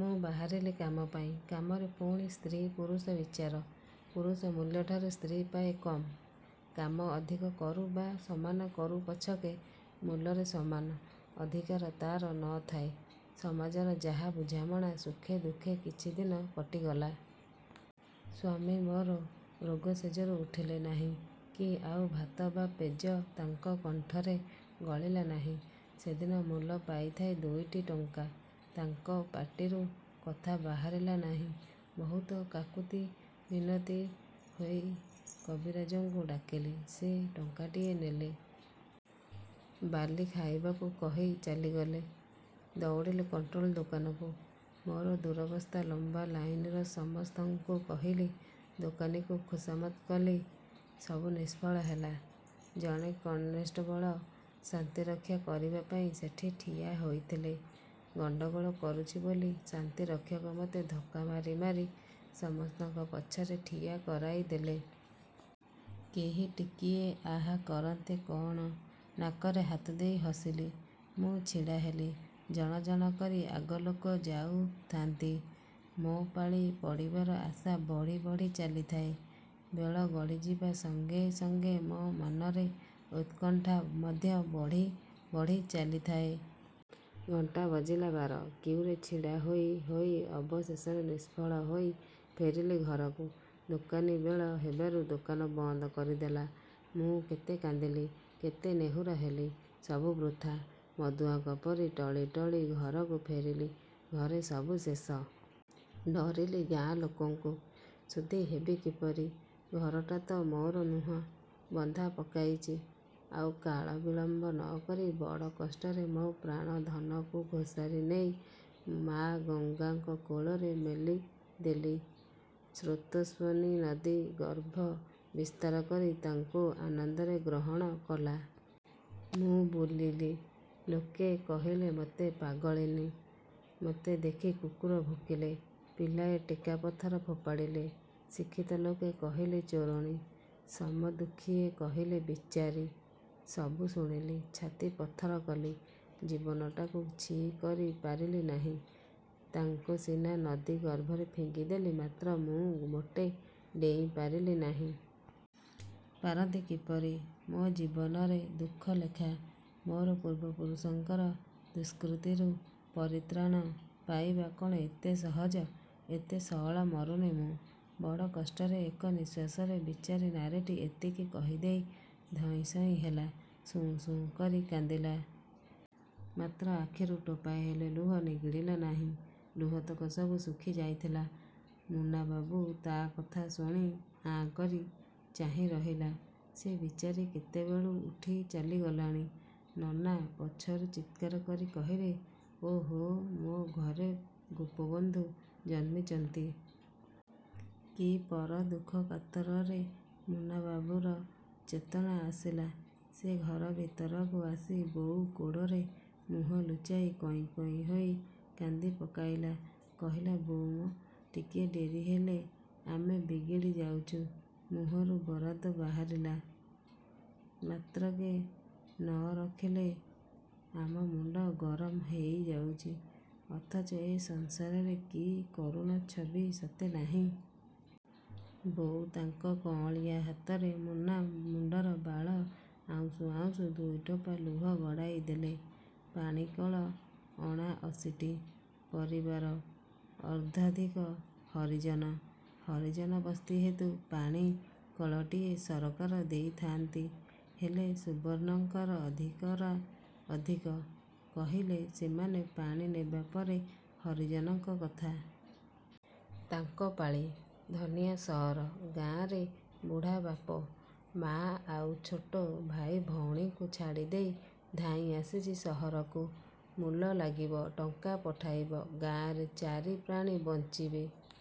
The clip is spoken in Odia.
ମୁଁ ବାହାରିଲି କାମ ପାଇଁ। କାମରେ ପୁଣୀ 'ସ୍ତ୍ରୀ' 'ପୁରୁଷ' ବିଚାର-। ପୁରୁଷ ମୂଲଠାରୁ ସ୍ତ୍ରୀ ପାଏ କମ୍। କାମ ଅଧିକ କରୁ ବା ସମାନ କରୁ ପଛକେ ମୂଲରେ ସମାନ ଅଧିକାର ତାର ନ ଥାଏ। ସମାଜର ଯାହା ବୁଝାମଣା! ସୁଖେ ଦୁଃଖେ କିଛି ଦିନ କଟିଗଲା। ସ୍ୱାମୀ ମୋର ରୋଗ ଶେଯରୁ ଉଠିଲେ ନାହିଁ କି ଆଉ ଭାତ ବା ପେଜ ତାଙ୍କ କଣ୍ଠରେ ଗଳିଲା ନାହିଁ। ସେଦିନ ମୂଲ ପାଇଥାଏ ଦୁଇଟି ଟଙ୍କା। ତାଙ୍କ ପାଟିରୁ କଥା ବାହାରିଲା ନାହିଁ। ବହୁତ କାକୁତି ମିନତି ହୋଇ କବିରାଜଙ୍କୁ ଡ଼ାକିଲି। ସେ ଟଙ୍କାଟିଏ ନେଲେ। ବାଲି ଖାଇବାକୁ କହି ଚାଲିଗଲେ। ଦଉଡ଼ିଲି କଣ୍ଟ୍ରୋଲ ଦୋକାନକୁ। ମୋର ଦୂରବସ୍ଥା ଲମ୍ବା ଲାଇନର ସମସ୍ତଙ୍କୁ କହିଲି। ଦୋକାନୀକୁ ଖୁସାମତ୍ କଲି। ସବୁ ନିସ୍ଫଳ ହେଲା। ଜଣେ କନେଷ୍ଟବଳ ଶାନ୍ତି ରକ୍ଷା କରିବା ପାଇଁ ସେଠି ଠିଆ ହୋଇଥିଲା। ଗଣ୍ତଗୋଳ କରୁଚି ବୋଲି ଶାନ୍ତିରକ୍ଷକ ମତେ ଧକ୍କା ମାରି ମାରି ସମସ୍ତଙ୍କ ପଛରେ ଠିଆ କରାଇଦେଲା। କେହି ଟିକିଏ 'ଆହା' କରନ୍ତେ କଅଣ ନାକରେ ହାତଦେଇ ହସିଲେ। ମୁଁ ଛିଡ଼ା ହେଲି, ଜଣ ଜଣ କରି ଆଗ ଲୋକ ଯାଉ ଥାଆନ୍ତି। ମୋ ପାଳି ପଡ଼ିବାର ଆଶା ବଢ଼ି ବଢ଼ି ଚାଲିଥାଏ। ବେଳ ଗଡ଼ିଯିବା ସଙ୍ଗେ ସଙ୍ଗେ ମୋ ମନରେ ଉତ୍କଣ୍ଠା ମଧ୍ୟ ବଢ଼ି ବଢ଼ି ଚାଲିଥାଏ। ଘଣ୍ଟା ବାଜିଲା ବାର। କିଉରେ ଛିଡ଼ା ହୋଇ ହୋଇ ଅବଶେଷରେ ନିଷ୍ଫଳ ହୋଇ ଫେରିଲି ଘରକୁ। ଦୋକାନୀ ବେଳ ହେବାରୁ ଦୋକାନ ବନ୍ଦ କରିଦେଲା। ମୁଁ କେତେ କାନ୍ଦିଲି, କେତେ ନେହୁରା ହେଲି। ସବୁ ବୃଥା। ମଦୁଆଙ୍କ ପରି ଟଳି ଟଳି ଘରକୁ ଫେରିଲି। ଘରେ ସବୁ ଶେଷ। ଡରିଲି ଗାଁ ଲୋକଙ୍କୁ-। ଶୁଦ୍ଧି ହେବି କିପରି? ଘରଟା ତ ମୋର ନୁହଁ। ବନ୍ଧା ପକାଇଚି। ଆଉ କାଳ ବିଳମ୍ବ ନ କରି ବଡ଼ କଷ୍ଟରେ ମୋ ପ୍ରାଣ ଧନକୁ ଘୋସାରି ନେଇ ମା ଗଙ୍ଗାଙ୍କ କୋଳରେ ମେଲି ଦେଲି। ସ୍ରୋତସ୍ୱନୀ ନଦୀ ଗର୍ଭ ବିସ୍ତାର କରି ତାଙ୍କୁ ଆନନ୍ଦରେ ଗ୍ରହଣ କଲା। ମୁଁ ବୁଲିଲି। ଲୋକେ କହିଲେ ମତେ ପାଗଳିନୀ। ମତେ ଦେଖି କୁକୁର ଭୁକିଲେ। ପିଲାଏ ଟେକା ପଥର ଫୋପାଡ଼ିଲେ। ଶିକ୍ଷିତ ଲୋକେ କହିଲେ ଚୋରଣୀ। ସମଦୁଖୀଏ କହିଲେ 'ବିଚାରୀ'। ସବୁ ଶୁଣିଲି। ଛାତି ପଥର କଲି। ଜୀବନଟାକୁ ଛି କରି ପାରିଲି ନାହିଁ। ତାଙ୍କୁ ସିନା ନଦୀ ଗର୍ଭରେ ଫିଙ୍ଗିଦେଲି ମାତ୍ର ମୁଁ ମୋଟେ ଡେଇଁ ପାରିଲି ନାହିଁ। ପାରନ୍ତି କିପରି? ମୋ ଜୀବନରେ ଦୁଃଖ ଲେଖା। ମୋର ପୂର୍ବପୁରୁଷଙ୍କର ଦୁଷ୍କୃତିରୁ ପରିତ୍ରାଣ ପାଇବା କ'ଣ ଏତେ ସହଜ-? ଏତେ ସଅଳ ମରୁନି ମୁଁ। ବଡ଼ କଷ୍ଟରେ ଏକ ନିଶ୍ୱାସରେ ବିଚାରୀ ନାରୀଟି ଏତିକି କହି ଦେଇ ଧଇଁସଇଁ ହେଲା। ସୁଁ ସୁଁ କରି କାନ୍ଦିଲା। ମାତ୍ର ଆଖିରୁ ଟୋପାଏ ହେଲେ ଲୁହ ନିଗିଡ଼ିଲା ନାହିଁ। ଲୁହତକ ସବୁ ଶୁଖି ଯାଇଥିଲା। ମୁନାବାବୁ ତା କଥା ଶୁଣି ଆଁ କରି ଚାହିଁ ରହିଲା। ସେ ବିଚାରୀ କେତେବେଳୁ ଉଠି ଚାଲିଗଲାଣି। ନନା ପଛରୁ ଚିତ୍କାର କରି କହିଲେ—ଓହୋ, ମୋ ଘରେ ଗୋପବନ୍ଧୁ ଜନ୍ମିଚନ୍ତି। କି ପର ଦୁଃଖକାତର ରେ! ମୁନାବାବୁର ଚେତନା ଆସିଲା। ସେ ଘର ଭିତରକୁ ଆସି ବୋଉ କୋଡ଼ରେ ମୁହଁ ଲୁଚାଇ କଇଁ କଇଁ ହୋଇ କାନ୍ଦିପକାଇଲା। କହିଲା—ବୋଉ ମ! ଟିକିଏ ଡେରି ହେଲେ ଆମେ ବିଗିଡ଼ି ଯାଉଚୁ। ମୁହଁରୁ ବରାଦ ବାହାରିଲା ମାତ୍ରକେ ନ ରଖିଲେ ଆମ ମୁଣ୍ତ ଗରମ ହେଇଯାଉଚି; ଅଥଚ ଏ ସଂସାରରେ କି କରୁଣ ଛବି ସତେ ନାହିଁ! ବୋଉ ତାଙ୍କ କଅଁଳିଆ ହାତରେ ମୁନା ମୁଣ୍ତର ବାଳ ଆଉଁସୁ ଆଉଁସୁ ଦୁଇ ଟୋପା ଲୁହ ଗଡ଼ାଇଦେଲେ। ପାଣିକଳ ଅଣାଅଶିଟି। ପରିବାର। ଅର୍ଦ୍ଧାଧିକ ହରିଜନ। ହରିଜନ ବସ୍ତି ହେତୁ ପାଣି କଳଟିଏ ସରକାର ଦେଇଥାଆନ୍ତି। ହେଲେ ସବର୍ଣ୍ଣଙ୍କର ଅଧିକରା ଅଧିକ। ପହିଲେ ସେମାନେ ପାଣି ନେବା ପରେ ହରିଜନଙ୍କ କଥା। ତାଙ୍କ ପାଳି। ଧନିଆ ସଅର। ଗାଁରେ ବୁଢ଼ା ବାପ, ମା ଆଉ ଛୋଟ ଭାଇ ଭଉଣୀଙ୍କୁ ଛାଡ଼ିଦେଇ ଧାଇଁ ଆସିଚି ସହରକୁ। ମୂଲ ଲାଗିବ। ଟଙ୍କା ପଠାଇବ। ଗାଁରେ ଚାରି ପ୍ରାଣୀ ବଞ୍ଚିବେ।